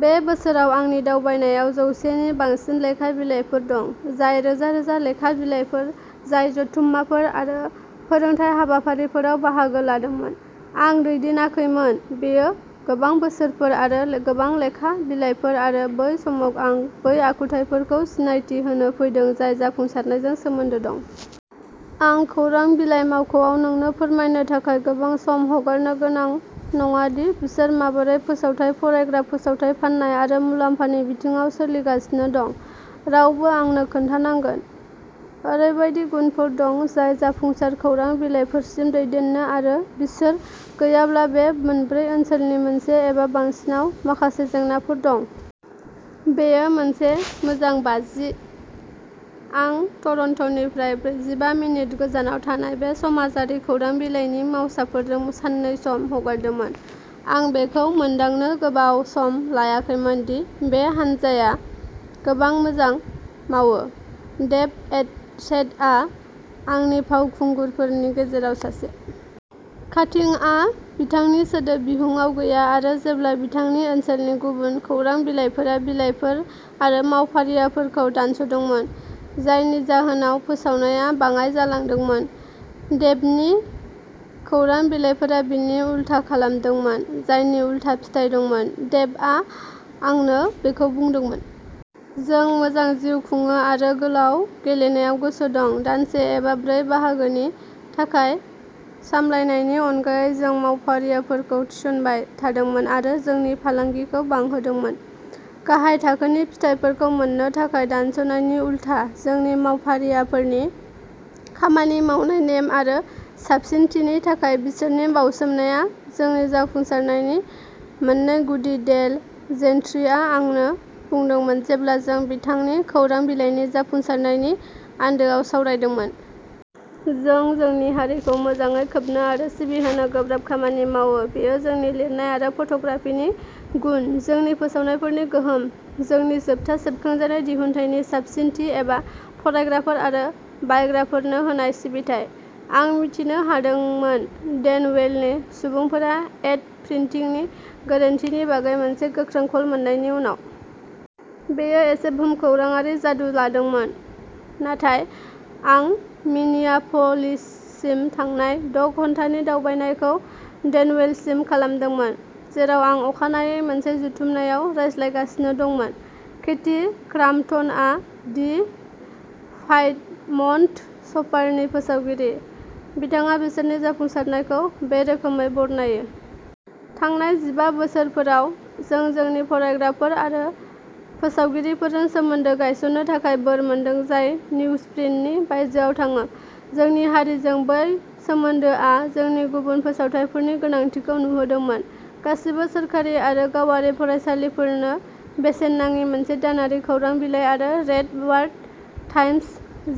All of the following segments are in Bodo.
बे बोसोराव आंनि दावबायनायाव जौसे नि बांसिन लेखा बिलाइफोर दं। जाय रोजा रोजा लेखा बिलाइफोर जाय जथुममाफोर आरो फोरोंथाय हाबाफारिफोराव बाहागो लादोंमोन। आं दैदेनाखैमोन। बेयो गोबां बोसोरफोर आरो गोबां लेखा बिलाइफोर आरो बै समाव आं बै आखुथाइफोरखौ सिनायथि होनो फैदों जाय जाफुंसारनायजों सोमोन्दो दं। आं खौरां बिलाइ मावख'आव नोंनो फोरमायनो थाखाय गोबाव सम हगारनो गोनां नङा दि बिसोर माबोरै फोसावथाय फरायग्रा फोसावथाय फाननाय आरो मुलाम्फानि बिथिङाव सोलिगासिनो दं। रावबो आंनो खोन्थानांगोन। ओरैबायदि गुनफोर दं जाय जाफुंसार खौरां बिलाइफोरसिम दैदेननो आरो बिसोर गैयाब्ला बे मोनब्रै ओनसोलनि मोनसे एबा बांसिनआव माखासे जेंनाफोर दं। बेयो मोनसे मोजां बाजि। आं टरन्ट'निफ्राय ब्रैजिबा मिनिट गोजानाव थानाय बे समाजारि खौरां बिलाइनि मावसाफोरजों साननै सम हगारदोंमोन। आं बेखौ मोनदांनो गोबाव सम लायाखैमोन दि बे हानजाया गोबां मोजां मावो। डेभ एडसेटआ आंनि फावखुंगुरफोरनि गेजेराव सासे। काटिंआ बिथांनि सोदोब बिहुंआव गैया आरो जेब्ला बिथांनि ओनसोलनि गुबुन खौरां बिलाइफोरा बिलाइफोर आरो मावफारियाफोरखौ दानस'दोंमोन। जायनि जाहोनाव फोसावनाया बाङाइ जालांदोंमोन। डेभनि खौरां बिलाइफोरा बिनि उलथा खालामदोंमोन। जायनि उलथा फिथाय दंमोन। डेभआ आंनो बेखौ बुंदोंमोन। जों मोजां जिउ खुङो आरो गोलाव गेलेनायाव गोसो दं। दानसे एबा ब्रै बाहागोनि थाखाय सामलायनायनि अनगायै। जों मावफारियाफोरखौ थिसनबाय थादोंमोन आरो जोंनि फालांगिखौ बांहोदोंमोन। गाहाय थाखोनि फिथायफोरखौ मोननो थाखाय दानस'नायनि उलथा। जोंनि मावफारियाफोरनि खामानि मावनाय नेम आरो साबसिनथिनि थाखाय बिसोरनि बाउसोमनाया जोंनि जाफुंसारनायनि मोननै गुदि डेल जेनट्रीआ आंनो बुंदोंमोन जेब्ला जों बिथांनि खौरां बिलाइनि जाफुंसारनायनि आन्दोआव सावरायदोंमोन। जों जोंनि हारिखौ मोजाङै खोबनो आरो सिबिहोनो गोब्राब खामानि मावो बेयो जोंनि लिरनाय आरो फट'ग्राफिनि गुन जोंनि फोसावनायफोरनि गोहोम जोंनि जोबथा सेबखांजानाय दिहुनथायनि साबसिनथि एबा फरायग्राफोर आरो बायग्राफोरनो होनाय सिबिथाइ। आं मिथिनो हादोंमोन डेनवेलनि सुबुंफोरा एड प्रिनटिंनि गोरोन्थिनि बागै मोनसे गोख्रों कल मोननायनि उनाव। बेयो एसे भुमखौराङारि जादु लादोंमोन नाथाय आं मिनियाप'लिससिम थांनाय द' घन्टानि दावबायनायखौ डेनवेलसिम खालामदोंमोन जेराव आं अखानायै मोनसे जथुमनायाव रायज्लायगासिनो दंमोन। केथी क्राम्पटनआ दि पाइडमन्ट शपारनि फोसावगिरि। बिथाङा बिसोरनि जाफुंसारनायखौ बे रोखोमै बरनायो। थांनाय जिबा बोसोरफोराव जों जोंनि फरायग्राफोर आरो फोसावगिरिफोरजों सोमोन्दो गायसननो थाखाय बोर मोनदों जाय निउजप्रिन्टनि बायजोआव थाङो। जोंनि हारिजों बै सोमोन्दोआ जोंनि गुबुन फोसावथायफोरनि गोनांथिखौ नुहोदोंमोन। गासिबो सोरखारि आरो गावारि फरायसालिफोरनो बेसेन नाङि मोनसे दानारि खौरां बिलाइ आरो रेड वार्ड टाइम्स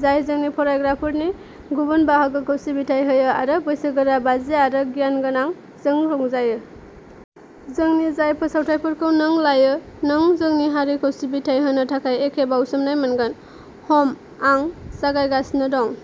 जाय जोंनि फरायग्राफोरनि गुबुन बाहागोखौ सिबिथाइ होयो आरो बैसोगोरा बाजि आरो गियानगोनां जों रंजायो। जोंनि जाय फोसावथाइफोरखौ नों लायो नों जोंनि हारिखौ सिबिथाइ होनो थाखाय एखे बाउसोमनाय मोनगोन। हम आं जागायगासिनो दं।